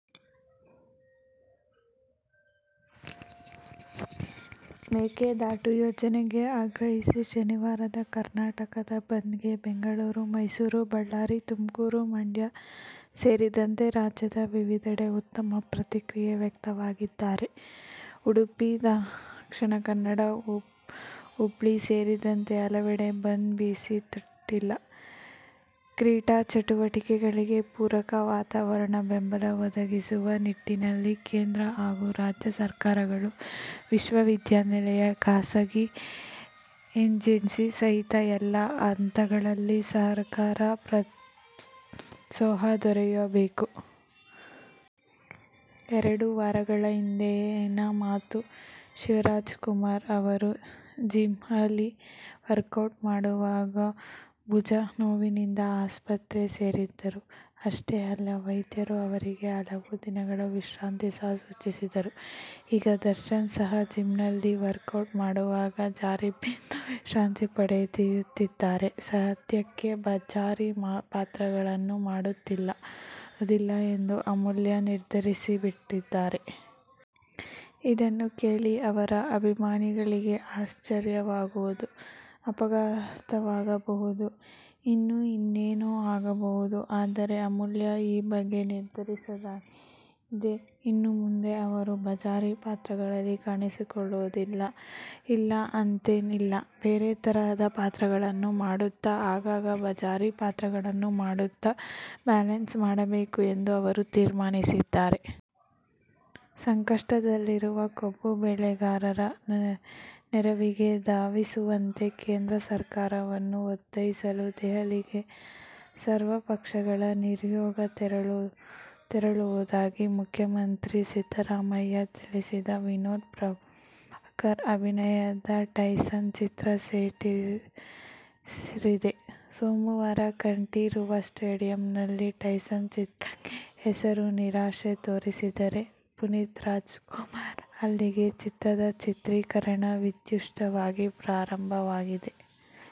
ಮೇಕೆದಾಟು ಯೋಜನೆಗೆ ಆಗ್ರಹಿಸಿ ಶನಿವಾರದ ಕರ್ನಾಟಕ ಬಂದ್ ಗೆ ಬೆಂಗಳೂರು, ಮೈಸೂರು, ಬಳ್ಳಾರಿ, ತುಮಕೂರು, ಮಂಡ್ಯ ಸೇರಿದಂತೆ ರಾಜ್ಯದ ವಿವಿಧೆಡೆ ಉತ್ತಮ ಪ್ರತಿಕ್ರಿಯೆ ವ್ಯಕ್ತವಾಗಿದ್ದರೆ, ಉಡುಪಿ, ದ. ಕನ್ನಡ, ಹುಬ್ಬಳ್ಳಿ ಸೇರಿದಂತೆ ಹಲವೆಡೆ ಬಂದ್ ಬಿಸಿ ತಟ್ಟಿಲ್ಲ. ಕ್ರೀಡಾಚಟುವಟಿಕೆಗೆ ಪೂರಕ ವಾತಾವರಣ, ಬೆಂಬಲ ಒದಗಿಸುವ ನಿಟ್ಟಿನಲ್ಲಿ ಕೇಂದ್ರ ಹಾಗೂ ರಾಜ್ಯ ಸರಕಾರಗಳು, ವಿಶ್ವವಿದ್ಯಾಲಯ, ಖಾಸಗಿ ಏಜೆನ್ಸಿ ಸಹಿತ ಎಲ್ಲಾ ಹಂತಗಳಲ್ಲಿ ಸಹಕಾರ, ಪ್ರೋತ್ಸಾಹ ದೊರೆಯಬೇಕು. ಎರಡು ವಾರಗಳ ಹಿಂದಿನ ಮಾತು. ಶಿವರಾಜಕುಮಾರ್ ಅವರು ಜಿಮ್ನಲ್ಲಿ ವರ್ಕೌಟ್ ಮಾಡುವಾಗ, ಭುಜ ನೋವಿನಿಂದ ಆಸ್ಪತ್ರೆ ಸೇರಿದ್ದರು. ಅಷ್ಟೇ ಅಲ್ಲ, ವೈದ್ಯರು ಅವರಿಗೆ ಹಲವು ದಿನಗಳ ವಿಶ್ರಾಂತಿ ಸಹ ಸೂಚಿಸಿದ್ದರು. ಈಗ ದರ್ಶನ್ ಸಹ ಜಿಮ್ನಲ್ಲಿ ವರ್ಕೌಟ್ ಮಾಡುವಾಗ ಜಾರಿ ಬಿದ್ದು, ವಿಶ್ರಾಂತಿ ಪಡೆಯುತ್ತಿದ್ದಾರೆ. ಸದ್ಯಕ್ಕೆ ಬಜಾರಿ ಪಾತ್ರಗಳನ್ನು ಮಾಡುವುದಿಲ್ಲ ಎಂದು ಅಮೂಲ್ಯ ನಿರ್ಧರಿಸಿಬಿಟ್ಟಿದ್ದಾರೆ. ಇದನ್ನು ಕೇಳಿ ಅವರ ಅಭಿಮಾನಿಗಳಿಗೆ ಆಶ್ಚರ್ಯವಾಗಬಹುದು, ಆಘಾತವಾಗಬಹುದು, ಇನ್ನೂ ಏನೇನೋ ಆಗಬಹುದು. ಆದರೆ, ಅಮೂಲ್ಯ ಈ ಬಗ್ಗೆ ನಿರ್ಧರಿಸಿದ್ದಾಗಿದೆ. ಇನ್ನು ಮುಂದೆ ಅವರು ಬಜಾರಿ ಪಾತ್ರಗಳಲ್ಲಿ ಕಾಣಿಸಿಕೊಳ್ಳುವುದೇ ಇಲ್ಲ ಅಂತೇನಿಲ್ಲ. ಬೇರೆ ತರಹದ ಪಾತ್ರಗಳನ್ನೂ ಮಾಡುತ್ತಾ, ಆಗಾಗ ಬಜಾರಿ ಪಾತ್ರಗಳನ್ನೂ ಮಾಡುತ್ತಾ ಬ್ಯಾಲೆನ್ಸ್ ಮಾಡಬೇಕು ಎಂದು ಅವರು ತೀರ್ಮಾನಿಸಿದ್ದಾರೆ. ಸಂಕಷ್ಟದಲ್ಲಿರುವ ಕಬ್ಬು ಬೆಳೆಗಾರರ ನೆರವಿಗೆ ಧಾವಿಸುವಂತೆ ಕೇಂದ್ರ ಸರ್ಕಾರವನ್ನು ಒತ್ತಾಯಿಸಲು ದೆಹಲಿಗೆ ಸರ್ವಪಕ್ಷಗಳ ನಿಯೋಗ ತೆರಳುವುದಾಗಿ ಮುಖ್ಯಮಂತ್ರಿ ಸಿದ್ದರಾಮಯ್ಯ ತಿಳಿಸಿದ್ದಾರೆ. ವಿನೋದ್ ಪ್ರಭಾಕರ್ ಅಭಿನಯದ "ಟೈಸನ್' ಚಿತ್ರ ಸೆಟ್ಟೇರಿದೆ. ಸೋಮವಾರ ಕಂಠೀರವ ಸ್ಟುಡಿಯೋದಲ್ಲಿ "ಟೈಸನ್' ಚಿತ್ರಕ್ಕೆ ಹಸಿರು ನಿಶಾನೆ ತೋರಿಸಿದ್ದಾರೆ ಪುನೀತ್ ರಾಜಕುಮಾರ್. ಅಲ್ಲಿಗೆ ಚಿತ್ರದ ಚಿತ್ರೀಕರಣ ವಿಧ್ಯುಕ್ತವಾಗಿ ಪ್ರಾರಂಭವಾಗಿದೆ.